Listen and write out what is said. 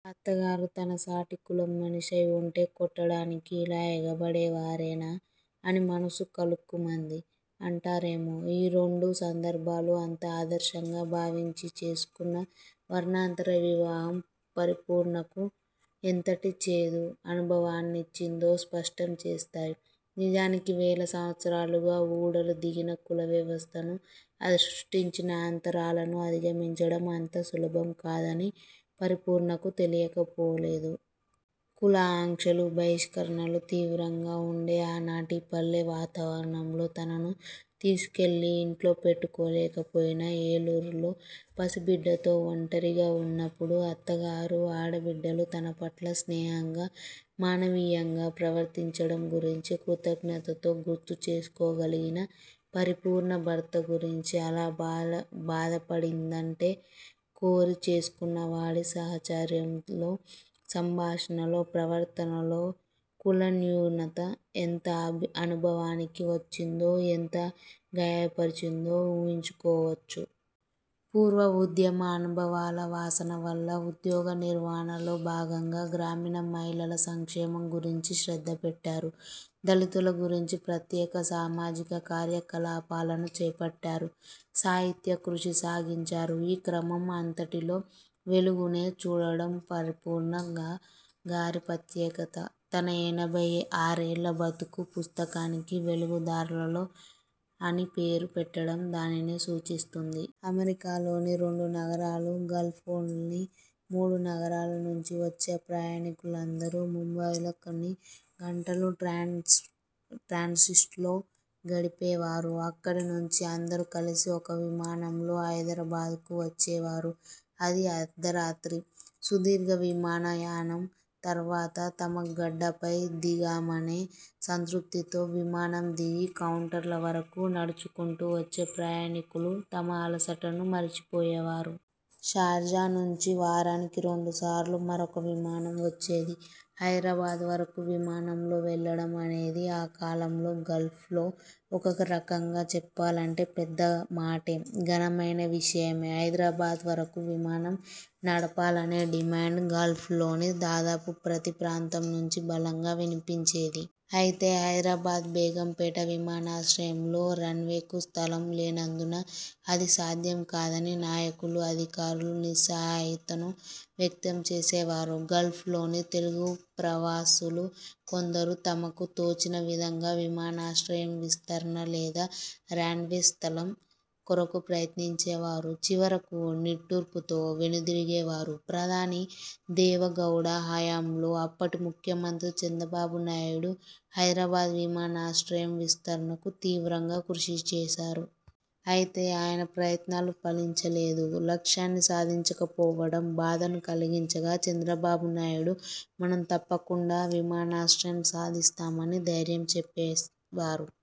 అత్తగారు తన సాటి కులం మనిషయి ఉంటే కొట్టటానికి ఇలా ఎగబడేవారేనా అని మనస్సు కలుక్కుమంది' అంటారామె. ఈ రెండు సందర్భాలు అంత ఆదర్శంగా భావించి చేసుకొన్న వర్ణాంతర వివాహం పరిపూర్ణకు ఎంతటి చేదు అనుభవాన్నిచ్చిందో స్పష్టం చేస్తాయి. నిజానికి వేల సంవత్సరాలుగా ఊడలు దిగిన కుల వ్యస్థను, అది సృష్టించిన అంతరాలను అధిగమించటం అంత సులభంకాదని పరిపూర్ణకు తెలియకపోలేదు. కుల ఆంక్షలు, బహిష్కరణలు తీవ్రంగా ఉండే ఆ నాటి పల్లె వాతావరణంలో తనను తీసుకెళ్లి ఇంట్లో పెట్టుకోలేకపోయినా ఏలూరులో పసిబిడ్డతో ఒంటరిగా ఉన్నప్పుడు అత్తగారు ఆడబిడ్డలు తనపట్ల స్నేహంగా మానవీయంగా ప్రవర్తించటం గురించి కృతజ్ఞతతో గుర్తుచేసుకోగలిగిన పరిపూర్ణ భర్త గురించి అలా బాధపడిందంటే కోరి చేసుకొన్నవాడి సాహచర్యంలో, సంభాషణలో, ప్రవర్తనలో కుల న్యూనత ఎంత అనుభవానికి వచ్చిందో ఎంత గాయపరచిందో ఊహించుకోవచ్చు. పూర్వ ఉద్యమ అనుభవాల వాసన వల్ల ఉద్యోగ నిర్వహణలో భాగంగా గ్రామీణ మహిళల సంక్షేమం గురించి శ్రద్ధ పెట్టారు. దళితుల గురించి ప్రత్యేక సామాజిక కార్యకలాపాలను చేపట్టారు. సాహిత్య కృషి సాగించారు. ఈ క్రమం అంతటిలో వెలుగునే చూడటం పరిపూర్ణ గారి ప్రత్యేకత. తన ఎనభైఆరేళ్ల బతుకు పుస్తకానికి 'వెలుగు దారులలో' అని పేరు పెట్టటం దానినే సూచిస్తుంది. అమెరికాలోని రెండు నగరాలు, గల్ఫ్లోని మూడు నగరాల నుంచి వచ్చే ప్రయాణికులందరూ ముంబాయిలో కొన్ని గంటలు ట్రాన్సిస్ట్లో గడిపేవారు. అక్కడి నుంచి అందరూ కలిసి ఒక విమానంలో హైదరాబాద్కు వచ్చేవారు, అదీ అర్ధరాత్రి. సుదీర్ఘ విమాన యానం తర్వాత తమ గడ్డపై దిగామనే సంతృప్తితో, విమానం దిగి కౌంటర్ల వరకు నడుచుకుంటూ వచ్చే ప్రయాణీకులు తమ అలసటను మరచిపోయేవారు. షార్జా నుంచి వారానికి రెండు సార్లు మరొక విమానం వచ్చేది. హైదరాబాద్ వరకు విమానంలో వెళ్ళడం అనేది ఆ కాలంలో గల్ఫ్లో ఒక రకంగా చెప్పాలంటే పెద్ద మాటే, ఘనమైన విషయమే. హైదరాబాద్ వరకు విమానం నడపాలనే డిమాండ్ గల్ఫ్లోని దాదాపు ప్రతి ప్రాంతం నుంచి బలంగా వినిపించేది. అయితే హైదరాబాద్ బేగంపేట విమానాశ్రయంలో రన్వేకు స్థలం లేనందున అది సాధ్యం కాదని నాయకులు, అధికారులు నిస్సహాయుతను వ్యక్తం చేసేవారు. గల్ఫ్లోని తెలుగు ప్రవాసులు కొందరు తమకు తోచిన విధంగా విమానాశ్రయం విస్తరణ లేదా రన్వే స్థలం కొరకు ప్రయత్నించేవారు. చివరకు నిట్టూర్పుతో వెనుదిరిగేవారు. ప్రధాని దేవెగౌడ హయాంలో అప్పటి ముఖ్యమంత్రి చంద్రబాబు నాయుడు హైదరాబాద్ విమానాశ్రయం విస్తరణకు తీవ్రంగా కృషి చేశారు. అయితే ఆయన ప్రయత్నాలు ఫలించలేదు. లక్ష్యాన్ని సాధించకపోవడం బాధను కల్గించగా చంద్రబాబు నాయుడు మనం తప్పకుండా విమానాశ్రయం సాధిస్తామని ధైర్యం చెప్పేవారు.